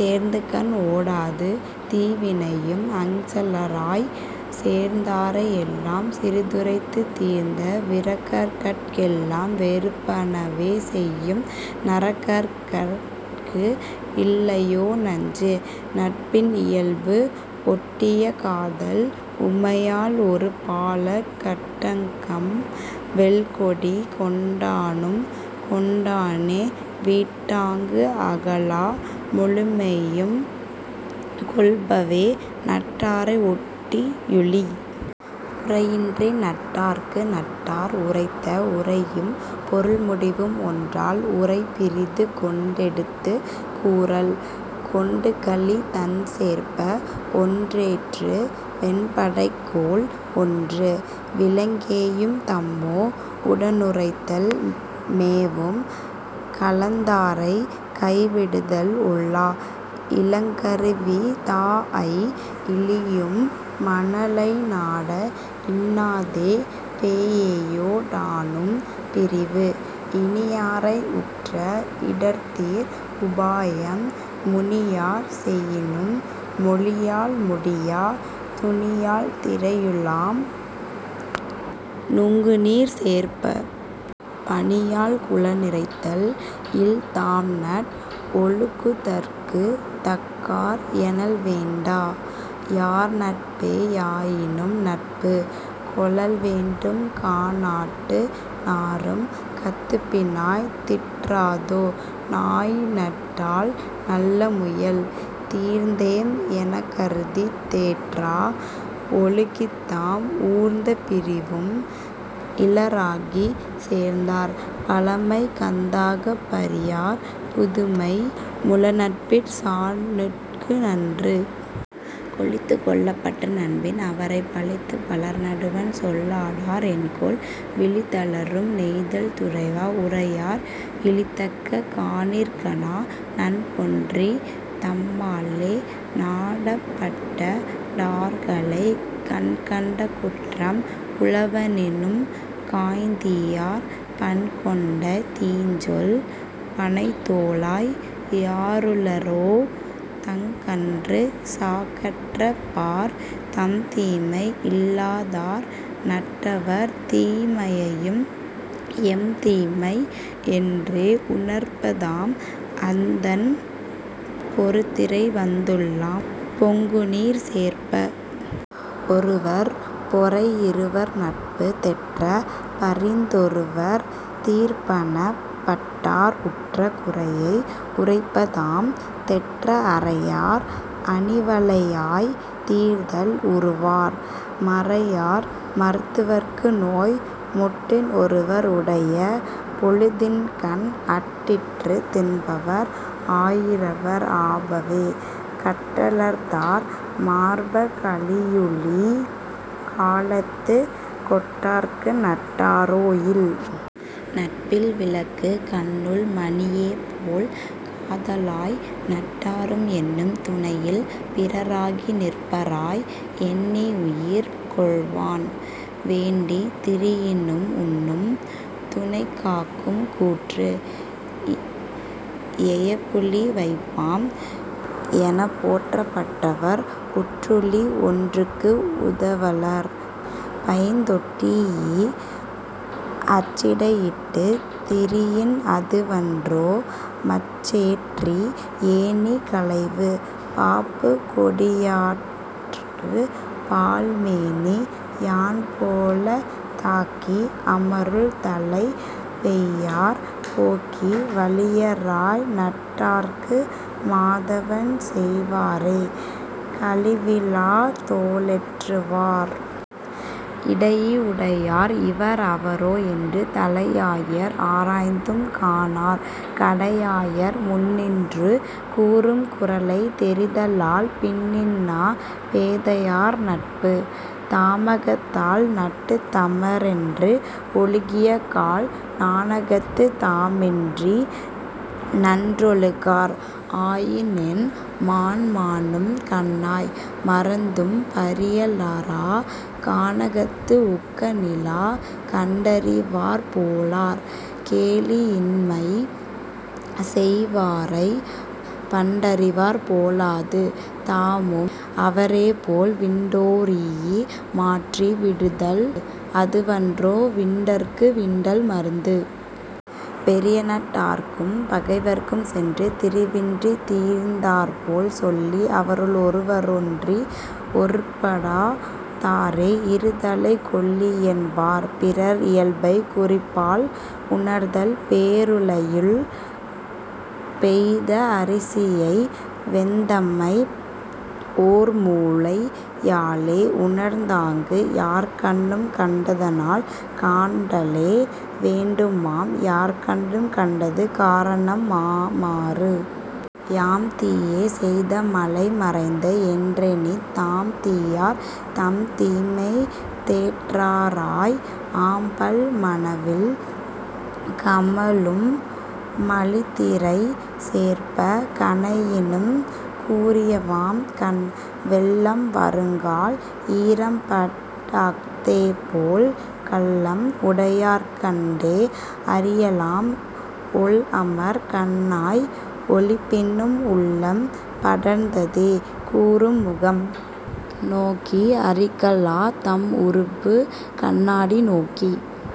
தேர்ந்துகண் ஓடாது தீவினையும் அஞ்சலராய்ச்। சேர்ந்தாரை யெல்லாம் சிறிதுரைத்துத் தீர்ந்த விரகர்கட் கெல்லாம் வெறுப்பனவே செய்யும் 'நரகர்கட்கு இல்லையோ நஞ்சு? '. நட்பின் இயல்பு ஒட்டிய காதல் 'உமையாள் ஒரு பாலக் கட்டங்கம் வெல்கொடி கொண்டானும் கொண்டானே' விட்டாங்கு அகலா முழுமெய்யும் கொள்பவே நட்டாரை ஒட்டி யுழி. புரையின்றி நட்டார்க்கு நட்டார் உரைத்த உரையும் பொருள்முடிவும் ஒன்றால் உரைபிறிது கொண்டெடுத்துக் கூறல் கொடுங்கழித் தண்சேர்ப்ப! 'ஒன்றேற்று வெண்படைக்கோள் ஒன்று'. விலங்கேயும் தம்மோ உடனுறைதல் மேவும் கலந்தாரைக் கைவிடுதல் ஒல்லா இலங்கருவி தாஅய் இழியும் மணலைநாட! 'இன்னாதே பேஎயோ டானும் பிரிவு'. இனியாரை உற்ற இடர்தீர் உபாயம் முனியார் செயினும் மொழியால் முடியா துனியால் திரையுலாம் நூங்குநீர்ச் சேர்ப்ப! 'பனியால் குளநிறைதல் இல்'. தாம்நட் ஒழுகுதற்குத் தக்கார் எனல்வேண்டா யார்நட்பே யாயினும் நட்புக் கொளல்வேண்டும் கானாட்டு நாறும் கதுப்பினாய்! 'தீற்றாதோ நாய்நட்டால் நல்ல முயல்? ' தீர்ந்தேம் எனக்கருதித் தேற்றா ஒழுகித்தாம் ஊர்ந்த பரிவும் இலராகிச் சேர்ந்தார் பழமை கந்தாகப் பரியார் புதுமை 'முழநட்பிற் சாணுட்கு நன்று'. கொழித்துக் கொளப்பட்ட நண்பின் அவரைப் பழித்துப் பலர்நடுவண் சொல்லாடார் என்கொல்? விழித்தலரும் நெய்தல் துறைவா! 'உரையார் இழித்தக்க காணிற் கனா'. நண்பொன்றித் தம்மாலே நாட்டப்பட்ட டார்களைக் கண்கண்ட குற்றம் உளவெனினும் காய்ந்தீயார் பண்கொண்ட தீஞ்சொல் பணைத்தோளாய்! 'யாருளரோ தங்கன்று சாக்கறப் பார்'. தம்தீமை இல்லாதார் நட்டவர் தீமையையும் எம்தீமை என்றே உணர்பதாம் அந்தண் பொருதிரை வந்துலாம் பொங்குநீர்ச் சேர்ப்ப! 'ஒருவர் பொறைஇருவர் நட்பு'. தெற்றப் பரிந்தொருவர் தீர்ப்பனப் பட்டார்க் உற்ற குறையை உரைப்பதாம் தெற்ற அறையார் அணிவளையாய்! தீர்தல் உறுவார் 'மறையார் மருத்துவர்க்கு நோய்'. முட்டின் ஒருவர் உடைய பொழுதின்கண் அட்டிற்றுத் தின்பவர் ஆயிரவர் ஆபவே கட்டலர்தார் மார்ப! கலியூழிக் காலத்துக் 'கெட்டார்க்கு நட்டாரோ இல்'.. நட்பில் விலக்கு கண்ணுள் மணியேபோல் காதலாய் நட்டாரும் எண்ணும் துணையில் பிறராகி நிற்பராய் எண்ணிஉயிர் கொள்வான் வேண்டித் திரியினும் 'உண்ணும் துணைக்காக்கும் கூற்று'. எயப்புழி வைப்பாம் எனப்போற்றப் பட்டவர் உற்றுழி ஒன்றுக்கு உதவலர் பைந்தொடீஇ! அச்சிடை இட்டுத் திரியின் அதுவன்றோ 'மச்சேற்றி ஏணி களைவு. ' பாப்புக் கொடியாற்குப் பால்மேனி யான்போலத் தாக்கி அமருள் தலைப் பெய்யார் போக்கி வழியராய் நட்டார்க்கு மாதவம் செய்வாரே 'கழிவிழாத் தோளேற்று வார்'. இடையீ உடையார் இவர்அவரோ என்று தலையாயர் ஆராய்ந்தும் காணார் கடையாயர் முன்னின்று கூறும் குறளை தெரிதலால் 'பின்னின்னா பேதையார் நட்பு. ' தாமகத்தால் நட்டுத் தமரென்று ஒழுகியக்கால் நாணகத்துத் தாமின்றி நன்றொழுகார் ஆயினென் மான்மானும் கண்ணாய்! மறந்தும் பரியலரா 'கானகத்து உக்க நிலா'. கண்டறிவார் போலார் கெழீஇயின்மை செய்வாரைப் பண்டறிவார் போலாது தாமும் அவரேபோல் விண்டொரீஇ மாற்றி விடுதல் அதுவன்றோ 'விண்டற்கு விண்டல் மருந்து'. பெரியநட் டார்க்கும் பகைவர்க்கும் சென்று திரிவின்றித் தீர்ந்தார்போல் சொல்லி அவருள் ஒருவரோ டொன்றி ஒருப்படா தாரே 'இருதலைக் கொள்ளியென் பார்'.. பிறர் இயல்பைக் குறிப்பால் உணர்தல் பேருலையுள் பெய்த அரிசியை வெந்தமை ஓர்மூழை யாலே உணர்ந்தாங்கு யார்கண்ணும் கண்டதனால் காண்டலே வேண்டுமாம் யார்கண்ணும் 'கண்டது காரணம்ஆ மாறு. ' யாம்தீய செய்த மலைமறைந்த என்றெண்ணித் தாம்தீயார் தம்தீமை தேற்றாராய் ஆம்பல் மணவில் கமழும் மலிதிரைச் சேர்ப்ப! 'கணையினுந் கூரியவாம் கண்'. வெள்ளம் வருங்கால் ஈரம்பட் அஃதேபோல் கள்ளம் உடையாருக் கண்டே அறியலாம் ஒள்அமர் கண்ணாய்! ஒளிப்பினும் 'உள்ளம் படர்ந்ததே கூறும் முகம்'. நோக்கி அறிகல்லாத் தம்உறுப்புக் கண்ணாடி நோக்கி